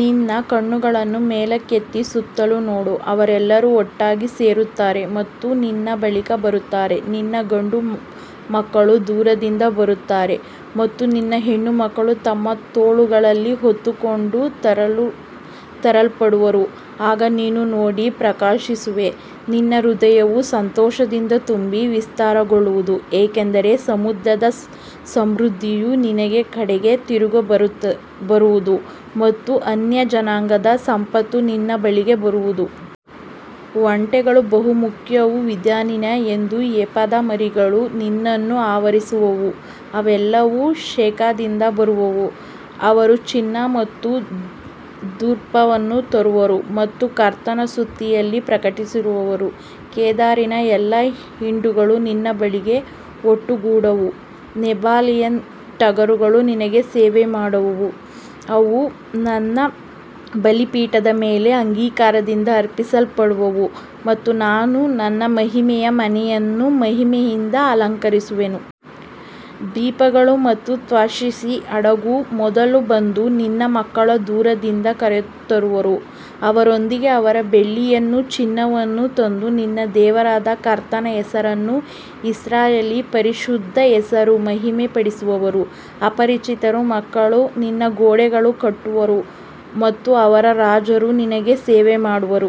ನಿನ್ನ ಕಣ್ಣುಗಳನ್ನು ಮೇಲಕ್ಕೆತ್ತಿ ಸುತ್ತಲೂ ನೋಡು; ಅವರೆಲ್ಲರೂ ಒಟ್ಟಾಗಿ ಸೇರುತ್ತಾರೆ ಮತ್ತು ನಿನ್ನ ಬಳಿಗೆ ಬರುತ್ತಾರೆ. ನಿನ್ನ ಗಂಡುಮಕ್ಕಳು ದೂರದಿಂದ ಬರುತ್ತಾರೆ ಮತ್ತು ನಿನ್ನ ಹೆಣ್ಣುಮಕ್ಕಳು ತಮ್ಮ ತೋಳುಗಳಲ್ಲಿ ಹೊತ್ತುಕೊಂಡು ತರಲ್ಪಡುವರು. ಆಗ ನೀನು ನೋಡಿ ಪ್ರಕಾಶಿಸುವೆ; ನಿನ್ನ ಹೃದಯವು ಸಂತೋಷದಿಂದ ತುಂಬಿ ವಿಸ್ತಾರಗೊಳ್ಳುವುದು. ಏಕೆಂದರೆ ಸಮುದ್ರದ ಸಮೃದ್ಧಿಯು ನಿನ್ನ ಕಡೆಗೆ ತಿರುಗಿಬರುವುದು ಮತ್ತು ಅನ್ಯಜನಾಂಗಗಳ ಸಂಪತ್ತು ನಿನ್ನ ಬಳಿಗೆ ಬರುವುದು. ಒಂಟೆಗಳ ಬಹುಸಂಖ್ಯೆಯೂ ಮಿದ್ಯಾನಿನ ಮತ್ತು ಎಫಾದ ಮರಿಗಳೂ ನಿನ್ನನ್ನು ಆವರಿಸುವವು. ಅವರೆಲ್ಲರೂ ಶೆಬಾದಿಂದ ಬರುವರು; ಅವರು ಚಿನ್ನ ಮತ್ತು ಧೂಪವನ್ನು ತರುವರು ಮತ್ತು ಕರ್ತನ ಸ್ತುತಿಯನ್ನು ಪ್ರಕಟಿಸುವರು. ಕೇದಾರಿನ ಎಲ್ಲಾ ಹಿಂಡುಗಳು ನಿನ್ನ ಬಳಿಗೆ ಒಟ್ಟುಗೂಡುವವು; ನೆಬಾಯೋತಿನ ಟಗರುಗಳು ನಿನಗೆ ಸೇವೆ ಮಾಡುವವು. ಅವು ನನ್ನ ಬಲಿಪೀಠದ ಮೇಲೆ ಅಂಗೀಕಾರದಿಂದ ಅರ್ಪಿಸಲ್ಪಡುವವು ಮತ್ತು ನಾನು ನನ್ನ ಮಹಿಮೆಯ ಮನೆಯನ್ನು ಮಹಿಮೆಯಿಂದ ಅಲಂಕರಿಸುವೆನು. ದ್ವೀಪಗಳು ಮತ್ತು ತಾರ್ಷೀಷಿನ ಹಡಗುಗಳು ಮೊದಲು ಬಂದು ನಿನ್ನ ಮಕ್ಕಳನ್ನು ದೂರದಿಂದ ಕರೆತರುವವು. ಅವರೊಂದಿಗೆ ಅವರ ಬೆಳ್ಳಿಯನ್ನೂ ಚಿನ್ನವನ್ನೂ ತಂದು ನಿನ್ನ ದೇವರಾದ ಕರ್ತನ ಹೆಸರನ್ನೂ ಇಸ್ರಾಯೇಲಿನ ಪರಿಶುದ್ಧನ ಹೆಸರನ್ನೂ ಮಹಿಮೆಪಡಿಸುವರು. ಅಪರಿಚಿತರ ಮಕ್ಕಳು ನಿನ್ನ ಗೋಡೆಗಳನ್ನು ಕಟ್ಟುವರು ಮತ್ತು ಅವರ ರಾಜರು ನಿನಗೆ ಸೇವೆ ಮಾಡುವರು.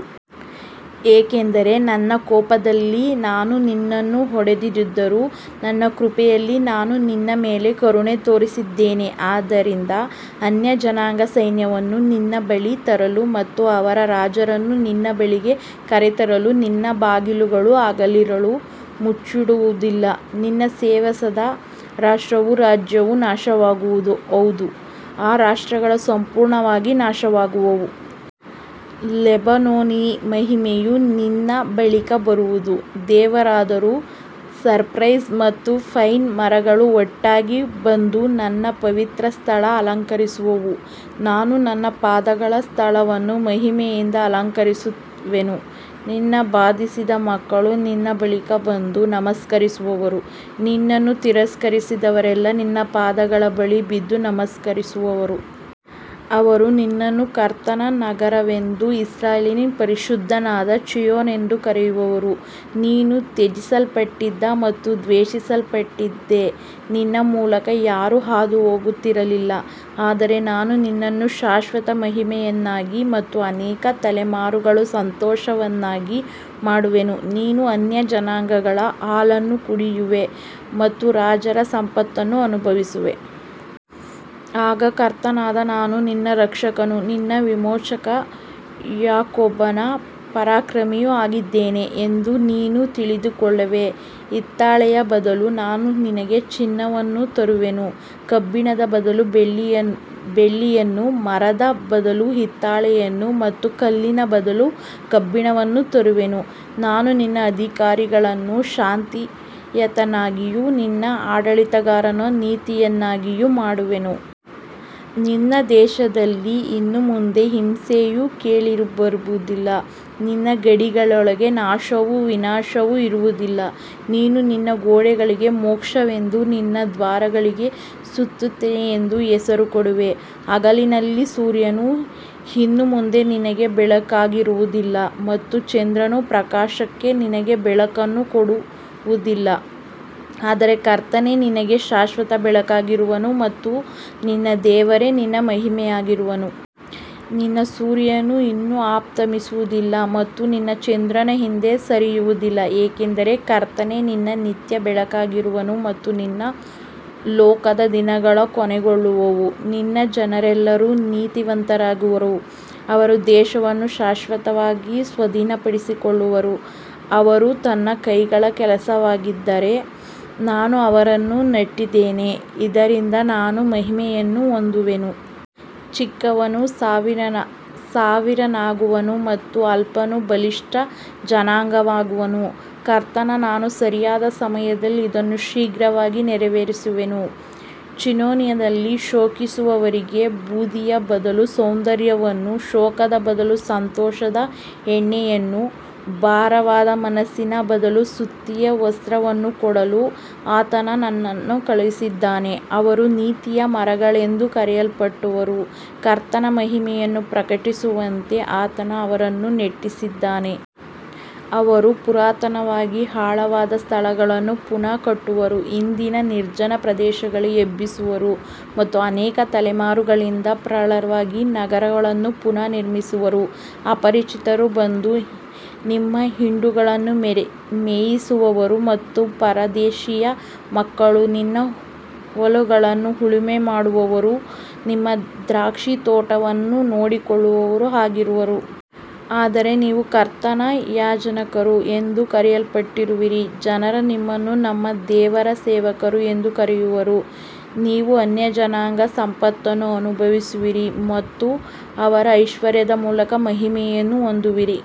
ಏಕೆಂದರೆ ನನ್ನ ಕೋಪದಲ್ಲಿ ನಾನು ನಿನ್ನನ್ನು ಹೊಡೆದಿದ್ದರೂ, ನನ್ನ ಕೃಪೆಯಲ್ಲಿ ನಾನು ನಿನ್ನ ಮೇಲೆ ಕರುಣೆ ತೋರಿಸಿದ್ದೇನೆ. ಆದ್ದರಿಂದ ಅನ್ಯಜನಾಂಗಗಳ ಸೈನ್ಯವನ್ನು ನಿನ್ನ ಬಳಿಗೆ ತರಲು ಮತ್ತು ಅವರ ರಾಜರನ್ನು ನಿನ್ನ ಬಳಿಗೆ ಕರೆತರಲು ನಿನ್ನ ಬಾಗಿಲುಗಳು ಹಗಲಿರುಳು ಮುಚ್ಚಲ್ಪಡುವುದಿಲ್ಲ. ನಿನ್ನನ್ನು ಸೇವಿಸದ ರಾಷ್ಟ್ರವೂ ರಾಜ್ಯವೂ ನಾಶವಾಗುವುದು; ಹೌದು, ಆ ರಾಷ್ಟ್ರಗಳು ಸಂಪೂರ್ಣವಾಗಿ ನಾಶವಾಗುವವು. ಲೆಬನೋನಿನ ಮಹಿಮೆಯು ನಿನ್ನ ಬಳಿಗೆ ಬರುವುದು; ದೇವದಾರು, ಸೈಪ್ರಸ್ ಮತ್ತು ಪೈನ್ ಮರಗಳು ಒಟ್ಟಾಗಿ ಬಂದು ನನ್ನ ಪವಿತ್ರ ಸ್ಥಳವನ್ನು ಅಲಂಕರಿಸುವವು. ನಾನು ನನ್ನ ಪಾದಗಳ ಸ್ಥಳವನ್ನು ಮಹಿಮೆಯಿಂದ ಅಲಂಕರಿಸುವೆನು. ನಿನ್ನನ್ನು ಬಾಧಿಸಿದವರ ಮಕ್ಕಳು ನಿನ್ನ ಬಳಿಗೆ ಬಂದು ನಮಸ್ಕರಿಸುವರು; ನಿನ್ನನ್ನು ತಿರಸ್ಕರಿಸಿದವರೆಲ್ಲರೂ ನಿನ್ನ ಪಾದಗಳ ಬಳಿ ಬಿದ್ದು ನಮಸ್ಕರಿಸುವರು. ಅವರು ನಿನ್ನನ್ನು ಕರ್ತನ ನಗರವೆಂದೂ ಇಸ್ರಾಯೇಲಿನ ಪರಿಶುದ್ಧನಾದ ಚೀಯೋನೆಂದೂ ಕರೆಯುವರು. ನೀನು ತ್ಯಜಿಸಲ್ಪಟ್ಟಿದ್ದೆ ಮತ್ತು ದ್ವೇಷಿಸಲ್ಪಟ್ಟಿದ್ದೆ; ನಿನ್ನ ಮೂಲಕ ಯಾರೂ ಹಾದುಹೋಗುತ್ತಿರಲಿಲ್ಲ. ಆದರೆ ನಾನು ನಿನ್ನನ್ನು ಶಾಶ್ವತ ಮಹಿಮೆಯನ್ನಾಗಿ ಮತ್ತು ಅನೇಕ ತಲೆಮಾರುಗಳ ಸಂತೋಷವನ್ನಾಗಿ ಮಾಡುವೆನು. ನೀನು ಅನ್ಯಜನಾಂಗಗಳ ಹಾಲನ್ನು ಕುಡಿಯುವೆ ಮತ್ತು ರಾಜರ ಸಂಪತ್ತನ್ನು ಅನುಭವಿಸುವೆ. ಆಗ ಕರ್ತನಾದ ನಾನು ನಿನ್ನ ರಕ್ಷಕನೂ ನಿನ್ನ ವಿಮೋಚಕನೂ ಯಾಕೋಬನ ಪರಾಕ್ರಮಿಯೂ ಆಗಿದ್ದೇನೆ ಎಂದು ನೀನು ತಿಳಿದುಕೊಳ್ಳುವೆ. ಹಿತ್ತಾಳೆಯ ಬದಲು ನಾನು ನಿನಗೆ ಚಿನ್ನವನ್ನು ತರುವೆನು; ಕಬ್ಬಿಣದ ಬದಲು ಬೆಳ್ಳಿಯನ್ನು, ಮರದ ಬದಲು ಹಿತ್ತಾಳೆಯನ್ನು ಮತ್ತು ಕಲ್ಲಿನ ಬದಲು ಕಬ್ಬಿಣವನ್ನು ತರುವೆನು. ನಾನು ನಿನ್ನ ಅಧಿಕಾರಿಗಳನ್ನು ಶಾಂತಿಯನ್ನಾಗಿಯೂ ನಿನ್ನ ಆಡಳಿತಗಾರರನ್ನು ನೀತಿಯನ್ನಾಗಿಯೂ ಮಾಡುವೆನು. ನಿನ್ನ ದೇಶದಲ್ಲಿ ಇನ್ನು ಮುಂದೆ ಹಿಂಸೆಯು ಕೇಳಿಬರುವುದಿಲ್ಲ; ನಿನ್ನ ಗಡಿಗಳೊಳಗೆ ನಾಶವೂ ವಿನಾಶವೂ ಇರುವುದಿಲ್ಲ. ನೀನು ನಿನ್ನ ಗೋಡೆಗಳಿಗೆ ಮೋಕ್ಷವೆಂದೂ ನಿನ್ನ ದ್ವಾರಗಳಿಗೆ ಸ್ತುತಿಯೆಂದೂ ಹೆಸರು ಕೊಡುವೆ. ಹಗಲಿನಲ್ಲಿ ಸೂರ್ಯನು ಇನ್ನು ಮುಂದೆ ನಿನಗೆ ಬೆಳಕಾಗಿರುವುದಿಲ್ಲ ಮತ್ತು ಚಂದ್ರನು ಪ್ರಕಾಶಕ್ಕಾಗಿ ನಿನಗೆ ಬೆಳಕನ್ನು ಕೊಡುವುದಿಲ್ಲ. ಆದರೆ ಕರ್ತನೇ ನಿನಗೆ ಶಾಶ್ವತ ಬೆಳಕಾಗಿರುವನು ಮತ್ತು ನಿನ್ನ ದೇವರೇ ನಿನ್ನ ಮಹಿಮೆಯಾಗಿರುವನು. ನಿನ್ನ ಸೂರ್ಯನು ಇನ್ನು ಅಸ್ತಮಿಸುವುದಿಲ್ಲ ಮತ್ತು ನಿನ್ನ ಚಂದ್ರನು ಹಿಂದೆ ಸರಿಯುವುದಿಲ್ಲ; ಏಕೆಂದರೆ ಕರ್ತನೇ ನಿನ್ನ ನಿತ್ಯ ಬೆಳಕಾಗಿರುವನು ಮತ್ತು ನಿನ್ನ ಶೋಕದ ದಿನಗಳು ಕೊನೆಗೊಳ್ಳುವವು. ನಿನ್ನ ಜನರೆಲ್ಲರೂ ನೀತಿವಂತರಾಗಿರುವರು; ಅವರು ದೇಶವನ್ನು ಶಾಶ್ವತವಾಗಿ ಸ್ವಾಧೀನಪಡಿಸಿಕೊಳ್ಳುವರು. ಅವರು ನನ್ನ ಕೈಗಳ ಕೆಲಸವಾಗಿದ್ದಾರೆ; ನಾನು ಅವರನ್ನು ನೆಟ್ಟಿದ್ದೇನೆ, ಇದರಿಂದ ನಾನು ಮಹಿಮೆಯನ್ನು ಹೊಂದುವೆನು. ಚಿಕ್ಕವನು ಸಾವಿರನಾಗುವನು ಮತ್ತು ಅಲ್ಪನು ಬಲಿಷ್ಠ ಜನಾಂಗವಾಗುವನು. ಕರ್ತನಾದ ನಾನು ಸರಿಯಾದ ಸಮಯದಲ್ಲಿ ಇದನ್ನು ಶೀಘ್ರವಾಗಿ ನೆರವೇರಿಸುವೆನು. ಚೀಯೋನಿನಲ್ಲಿ ಶೋಕಿಸುವವರಿಗೆ ಬೂದಿಯ ಬದಲು ಸೌಂದರ್ಯವನ್ನೂ, ಶೋಕದ ಬದಲು ಸಂತೋಷದ ಎಣ್ಣೆಯನ್ನೂ, ಭಾರವಾದ ಮನಸ್ಸಿನ ಬದಲು ಸ್ತುತಿಯ ವಸ್ತ್ರವನ್ನೂ ಕೊಡಲು ಆತನು ನನ್ನನ್ನು ಕಳುಹಿಸಿದ್ದಾನೆ. ಅವರು ನೀತಿಯ ಮರಗಳೆಂದು ಕರೆಯಲ್ಪಡುವರು; ಕರ್ತನ ಮಹಿಮೆಯನ್ನು ಪ್ರಕಟಿಸುವಂತೆ ಆತನು ಅವರನ್ನು ನೆಟ್ಟಿದ್ದಾನೆ. ಅವರು ಪುರಾತನವಾಗಿ ಹಾಳಾದ ಸ್ಥಳಗಳನ್ನು ಪುನಃ ಕಟ್ಟುವರು; ಹಿಂದಿನ ನಿರ್ಜನ ಪ್ರದೇಶಗಳನ್ನು ಎಬ್ಬಿಸುವರು ಮತ್ತು ಅನೇಕ ತಲೆಮಾರುಗಳಿಂದ ಪಾಳಾಗಿರುವ ನಗರಗಳನ್ನು ಪುನಃ ನಿರ್ಮಿಸುವರು. ಅಪರಿಚಿತರು ಬಂದು ನಿಮ್ಮ ಹಿಂಡುಗಳನ್ನು ಮೇಯಿಸುವರು ಮತ್ತು ಪರದೇಶಿಯ ಮಕ್ಕಳು ನಿಮ್ಮ ಹೊಲಗಳನ್ನು ಉಳುಮೆ ಮಾಡುವವರೂ ನಿಮ್ಮ ದ್ರಾಕ್ಷಿತೋಟಗಳನ್ನು ನೋಡಿಕೊಳ್ಳುವವರೂ ಆಗಿರುವರು. ಆದರೆ ನೀವು ಕರ್ತನ ಯಾಜಕರು ಎಂದು ಕರೆಯಲ್ಪಡುವಿರಿ; ಜನರು ನಿಮ್ಮನ್ನು ನಮ್ಮ ದೇವರ ಸೇವಕರು ಎಂದು ಕರೆಯುವರು. ನೀವು ಅನ್ಯಜನಾಂಗಗಳ ಸಂಪತ್ತನ್ನು ಅನುಭವಿಸುವಿರಿ ಮತ್ತು ಅವರ ಐಶ್ವರ್ಯದ ಮೂಲಕ ಮಹಿಮೆಯನ್ನು ಹೊಂದುವಿರಿ.